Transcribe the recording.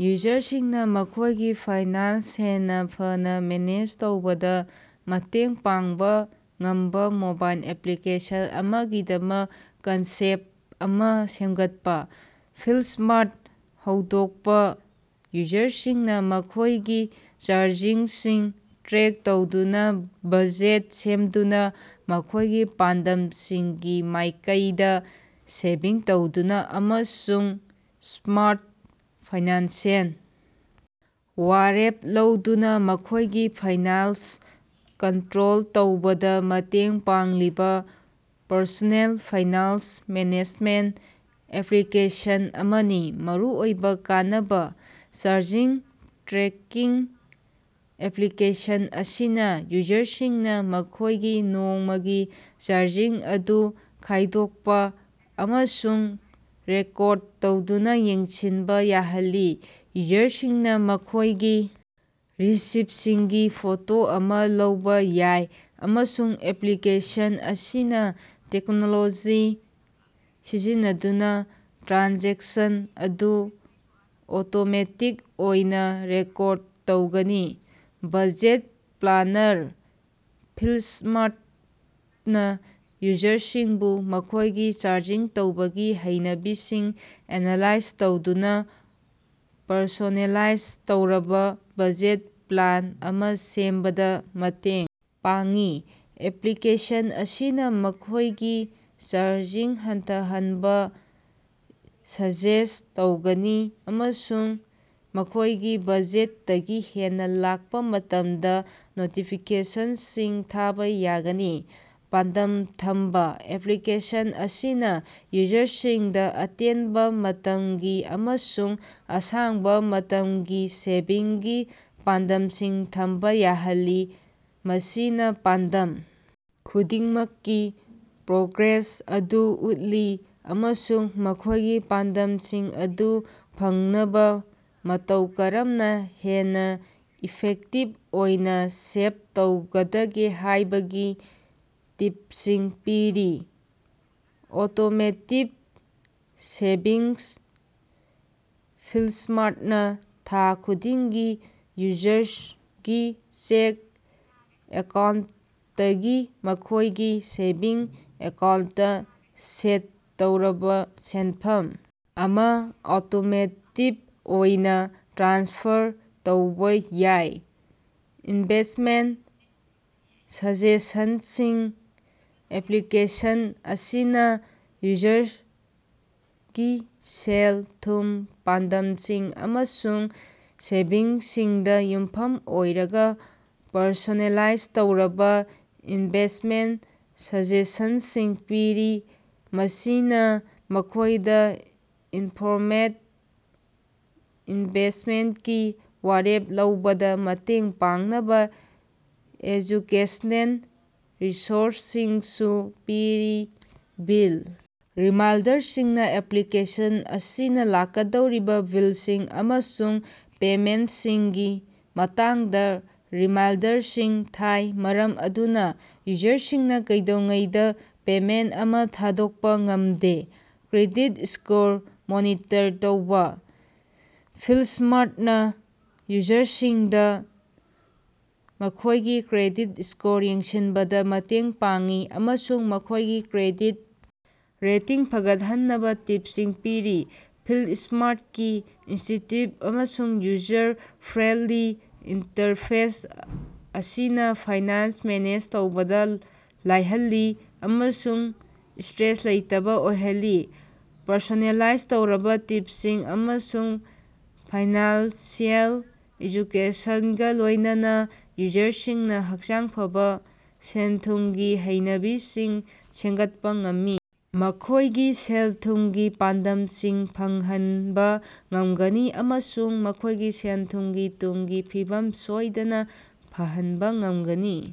ꯌꯨꯖꯔꯁꯤꯡꯅꯥ ꯃꯈꯣꯏꯒꯤ ꯐꯥꯏꯅꯥꯟꯁ ꯍꯦꯟꯅꯥ ꯐꯅꯥ ꯃꯦꯅꯦꯖ ꯇꯧꯕꯗꯥ ꯃꯇꯦꯡ ꯄꯥꯡꯕꯥ ꯉꯝꯕꯥ ꯃꯣꯕꯥꯏꯜ ꯑꯦꯄ꯭ꯂꯤꯀꯦꯁꯟ ꯑꯃꯒꯤꯗꯃꯛ ꯀꯟꯁꯦꯞꯇ ꯑꯃꯥ ꯁꯦꯃꯒꯠꯄꯥ꯫ "ꯐꯤꯟꯁ꯭ꯃꯥꯔꯠ" ꯍꯧꯗꯣꯀꯄꯥ: ꯌꯨꯖꯔꯁꯤꯡꯅꯥ ꯃꯈꯣꯏꯒꯤ ꯆꯥꯔꯖꯤꯡꯁꯤꯡ ꯇ꯭ꯔꯦꯛ ꯇꯧꯗꯨꯅꯥ, ꯕꯖꯦꯠ ꯁꯦꯝꯗꯨꯅꯥ, ꯃꯈꯣꯢꯒꯤ ꯄꯥꯟꯗꯝꯁꯤꯡꯒꯤ ꯃꯥꯢꯀꯩꯗꯥ ꯁꯦꯚꯤꯡ ꯇꯧꯗꯨꯅꯥ ꯑꯃꯁꯨꯡ ꯁ꯭ꯃꯥꯔꯠ ꯐꯥꯏꯅꯥꯟꯁꯤꯑꯦꯜ ꯋꯥꯔꯦꯞ ꯂꯧꯗꯨꯅꯥ ꯃꯈꯣꯢꯒꯤ ꯐꯥꯏꯅꯥꯟꯁ ꯀꯟꯇ꯭ꯔꯣꯜ ꯇꯧꯕꯗꯥ ꯃꯇꯦꯡ ꯄꯥꯡꯂꯤꯕꯥ ꯄꯔꯁꯣꯅꯦꯜ ꯐꯥꯏꯅꯥꯟꯁ ꯃꯦꯅꯦꯖꯃꯦꯟꯇ ꯑꯦꯄ꯭ꯂꯤꯀꯦꯁꯟ ꯑꯃꯅꯤ꯫ ꯃꯔꯨꯑꯣꯏꯕꯥ ꯀꯥꯟꯅꯕ: ꯆꯥꯔꯖꯤꯡ ꯇ꯭ꯔꯦꯀꯤꯡ- ꯑꯦꯄ꯭ꯂꯥꯀꯦꯁꯟ ꯑꯁꯤꯅꯥ ꯌꯨꯖꯔꯁꯤꯡꯅꯥ ꯃꯈꯣꯏꯒꯤ ꯅꯣꯡꯃꯒꯤ ꯆꯥꯔꯖꯤꯡ ꯑꯗꯨ ꯈꯥꯢꯗꯣꯛꯄ ꯑꯃꯁꯨꯡ ꯔꯦꯀꯣꯔꯗ ꯇꯧꯗꯨꯅꯥ ꯌꯦꯡꯁꯤꯟꯕꯥ ꯌꯥꯍꯜꯂꯤ꯫ ꯌꯨꯖꯔꯁꯤꯡꯅꯥ ꯃꯈꯣꯢꯒꯤ ꯔꯤꯁꯤꯞꯁꯤꯡꯒꯤ ꯐꯣꯇꯣ ꯑꯃꯥ ꯂꯧꯕꯥ ꯌꯥꯏ, ꯑꯃꯁꯨꯡ ꯑꯦꯄ꯭ꯂꯤꯀꯦꯁꯟ ꯑꯁꯤꯅꯥ ꯇꯦꯛꯅꯣꯂꯣꯖꯤ ꯁꯤꯖꯤꯟꯅꯗꯨꯅꯥ ꯇ꯭ꯔꯥꯟꯖꯦꯛꯁꯟ ꯑꯗꯨ ꯑꯣꯇꯣꯃꯦꯇꯤꯛ ꯑꯣꯏꯅꯥ ꯔꯦꯀꯣꯔꯗ ꯇꯧꯒꯅꯤ꯫ ꯕꯖꯦꯠ ꯄ꯭ꯂꯥꯅꯔ- ꯐꯤꯟꯁ꯭ꯃꯥꯔꯇꯅꯥ ꯌꯨꯖꯔꯁꯤꯡꯕꯨ ꯃꯈꯣꯢꯒꯤ ꯆꯥꯔꯖꯤꯡ ꯇꯧꯕꯒꯤ ꯍꯩꯅꯕꯤꯁꯤꯡ ꯑꯦꯅꯥꯂꯥꯏꯖ ꯇꯧꯗꯨꯅꯥ ꯄꯔꯁꯣꯅꯦꯂꯥꯏꯖ ꯇꯧꯔꯕꯥ ꯕꯖꯦꯠ ꯄ꯭ꯂꯥꯟ ꯑꯃꯥ ꯁꯦꯝꯕꯗꯥ ꯃꯇꯦꯡ ꯄꯥꯡꯏ꯫ ꯑꯦꯄ꯭ꯂꯤꯀꯦꯁꯟ ꯑꯁꯤꯅꯥ ꯃꯈꯣꯢꯒꯤ ꯆꯥꯔꯖꯤꯡ ꯍꯟꯊꯍꯟꯕꯥ ꯁꯖꯦꯁ꯭ꯠ ꯇꯧꯒꯅꯤ ꯑꯃꯁꯨꯡ ꯃꯈꯣꯢꯒꯤ ꯕꯖꯦꯠꯇꯒꯤ ꯍꯦꯟꯅꯥ ꯂꯥꯛꯄꯥ ꯃꯇꯝꯗꯥ ꯅꯣꯇꯤꯐꯤꯀꯦꯁꯟꯁꯤꯡ ꯊꯥꯕꯥ ꯌꯥꯒꯅꯤ꯫ ꯄꯥꯟꯗꯝ ꯊꯝꯕꯥ- ꯑꯦꯄ꯭ꯂꯤꯀꯦꯁꯟ ꯑꯁꯤꯅꯥ ꯌꯨꯖꯔꯁꯤꯡꯗꯥ ꯑꯇꯦꯟꯕꯥ ꯃꯇꯝꯒꯤ ꯑꯃꯁꯨꯡ ꯑꯁꯥꯡꯕꯥ ꯃꯇꯝꯒꯤ ꯁꯦꯚꯤꯡꯒꯤ ꯄꯥꯟꯗꯝꯁꯤꯡ ꯊꯝꯕꯥ ꯌꯥꯍꯜꯂꯤ꯫ ꯃꯁꯤꯅꯥ ꯄꯥꯟꯗꯝ ꯈꯨꯗꯤꯡꯃꯛꯀꯤ ꯄ꯭ꯔꯣꯒ꯭ꯔꯦꯁ ꯑꯗꯨ ꯎꯠꯂꯤ ꯑꯃꯁꯨꯡ ꯃꯈꯣꯢꯒꯤ ꯄꯥꯟꯗꯝꯁꯤꯡ ꯑꯗꯨ ꯐꯪꯅꯕꯥ ꯃꯇꯧ ꯀꯔꯝꯅꯥ ꯍꯦꯟꯅꯥ ꯏꯐꯦꯛꯇꯤꯚ ꯑꯣꯏꯅꯥ ꯁꯦꯚ ꯇꯧꯒꯗꯒꯦ ꯍꯥꯢꯕꯒꯤ ꯇꯤꯞꯁꯤꯡ ꯄꯤꯔꯤ꯫ ꯑꯣꯇꯣꯃꯦꯇꯦꯗ ꯁꯦꯚꯤꯡꯁ- ꯐꯤꯟꯁ꯭ꯃꯥꯔꯇꯅꯥ ꯊꯥ ꯈꯨꯗꯤꯡꯒꯤ ꯌꯨꯖꯔꯒꯤ ꯆꯦꯛ ꯑꯦꯀꯥꯎꯟꯇꯇꯒꯤ ꯃꯈꯣꯢꯒꯤ ꯁꯦꯚꯤꯡꯁ ꯑꯦꯀꯥꯎꯟꯇꯇꯥ ꯁꯦꯠ ꯇꯧꯔꯕꯥ ꯁꯦꯟꯐꯝ ꯑꯃꯥ ꯑꯣꯇꯣꯃꯦꯇꯤꯞ ꯑꯣꯏꯅꯥ ꯇ꯭ꯔꯥꯟꯁꯐꯔ ꯇꯧꯕꯥ ꯌꯥꯏ꯫ ꯏꯟꯚꯦꯁ꯭ꯇꯃꯦꯟꯇ ꯁꯖꯦꯁꯟꯁꯤꯡ- ꯑꯦꯄ꯭ꯂꯤꯀꯦꯁꯟ ꯑꯁꯤꯅꯥ ꯌꯨꯖꯔꯒꯤꯁꯦꯜ-ꯊꯨꯝꯒꯤ ꯄꯥꯟꯗꯝꯁꯤꯡ ꯑꯃꯁꯨꯡ ꯁꯦꯚꯤꯡꯁꯤꯡꯗꯥ ꯌꯨꯝꯐꯨꯝ ꯑꯣꯏꯔꯒꯥ ꯄꯔꯁꯣꯅꯦꯂꯥꯢꯖ ꯇꯧꯔꯕꯥ ꯏꯟꯚꯦꯁ꯭ꯇꯃꯦꯟꯇ ꯁꯖꯦꯁꯟꯁꯤꯡ ꯄꯤꯔꯤ꯫ ꯃꯁꯤꯅꯥ ꯃꯈꯣꯢꯗꯥ ꯏꯟꯐꯣꯔꯃꯦꯗ ꯏꯟꯚꯦꯁ꯭ꯇꯃꯦꯟꯇꯀꯤ ꯋꯥꯔꯦꯞ ꯂꯧꯕꯗꯥ ꯃꯇꯦꯡ ꯄꯥꯡꯅꯕꯥ ꯑꯦꯖꯨꯀꯦꯁꯅꯦꯜ ꯔꯤꯁꯣꯔꯁꯁꯤꯡꯁꯨ ꯄꯤꯔꯤ꯫ ꯕꯤꯜ ꯔꯤꯃꯥꯏꯟꯗꯔꯁꯤꯡ- ꯑꯦꯄ꯭ꯂꯤꯀꯦꯁꯟ ꯑꯁꯤꯅꯥ ꯂꯥꯛꯀꯗꯧꯔꯤꯕꯥ ꯕꯤꯜꯁꯤꯡ ꯑꯃꯁꯨꯡ ꯄꯦꯃꯦꯟꯇꯁꯤꯡꯒꯤ ꯃꯇꯥꯡꯗꯥ ꯔꯤꯃꯥꯏꯟꯗꯔꯁꯤꯡ ꯊꯥꯏ, ꯃꯔꯝ ꯑꯗꯨꯅꯥ ꯌꯨꯖꯔꯁꯤꯡꯅꯥ ꯀꯩꯗꯧꯉꯩꯗꯥ ꯄꯦꯃꯦꯟꯇ ꯑꯃꯥ ꯊꯥꯗꯣꯛꯄꯥ ꯉꯝꯗꯦ꯫ ꯀ꯭ꯔꯦꯗꯤꯠ ꯁ꯭ꯀꯣꯔ ꯃꯣꯅꯤꯇꯔ ꯇꯧꯕꯥ- ꯐꯤꯟꯁ꯭ꯃꯥꯔꯇꯅꯥ ꯌꯨꯖꯔꯁꯤꯡꯗꯥ ꯃꯈꯣꯢꯒꯤ ꯀ꯭ꯔꯦꯗꯤꯠ ꯁ꯭ꯀꯣꯔ ꯌꯦꯡꯁꯤꯟꯕꯗꯥ ꯃꯇꯦꯡ ꯄꯥꯡꯏ ꯑꯃꯁꯨꯡ ꯃꯈꯣꯢꯒꯤ ꯀ꯭ꯔꯦꯗꯤꯠ ꯔꯦꯇꯤꯡ ꯐꯒꯠꯍꯟꯅꯕꯥ ꯇꯤꯞꯁꯤꯡ ꯄꯤꯔꯤ꯫ ꯐꯤꯟꯁ꯭ꯃꯥꯔꯇꯀꯤ ꯏꯟꯇ꯭ꯌꯨꯇꯤꯕ ꯑꯃꯁꯨꯡ ꯌꯨꯖꯔ ꯐ꯭ꯔꯦꯟꯗꯂꯤ ꯏꯟꯇꯔꯐꯦꯁ ꯑꯁꯤꯅꯥ ꯐꯥꯏꯅꯥꯟꯁ ꯃꯦꯅꯦꯖ ꯇꯧꯕꯗꯥ ꯂꯥꯏꯍꯜꯂꯤ ꯑꯃꯁꯨꯡ ꯁꯇ꯭ꯔꯦꯁ ꯂꯩꯇꯕꯥ ꯑꯣꯏꯍꯜꯂꯤ꯫ ꯄꯔꯁꯣꯅꯦꯂꯥꯏꯖ ꯇꯧꯔꯕꯥ ꯇꯤꯞꯁꯤꯡ ꯑꯃꯁꯨꯡ ꯐꯥꯏꯅꯥꯟꯁꯤꯑꯦꯜ ꯑꯦꯖꯨꯀꯦꯁꯟꯒꯥ ꯂꯣꯢꯅꯅꯥ ꯌꯨꯖꯔꯁꯤꯡꯅꯥ ꯍꯛꯆꯥꯡ ꯐꯕꯥ ꯁꯦꯜ-ꯊꯨꯝꯒꯤ ꯍꯩꯅꯕꯤꯁꯤꯡ ꯁꯦꯝꯒꯠꯄꯥ ꯉꯝꯒꯅꯤ, ꯃꯈꯣꯢꯒꯤ ꯁꯦꯜ-ꯊꯨꯝꯒꯤ ꯄꯥꯟꯗꯝꯁꯤꯡ ꯐꯪꯍꯟꯕꯥ ꯉꯝꯒꯅꯤ ꯑꯃꯁꯨꯡ ꯃꯈꯣꯢꯒꯤ ꯁꯦꯜ-ꯊꯨꯝꯒꯤ ꯇꯨꯡꯒꯤ ꯐꯤꯕꯝ ꯁꯣꯢꯗꯅꯥ ꯐꯍꯟꯕ ꯉꯝꯒꯅꯤ꯫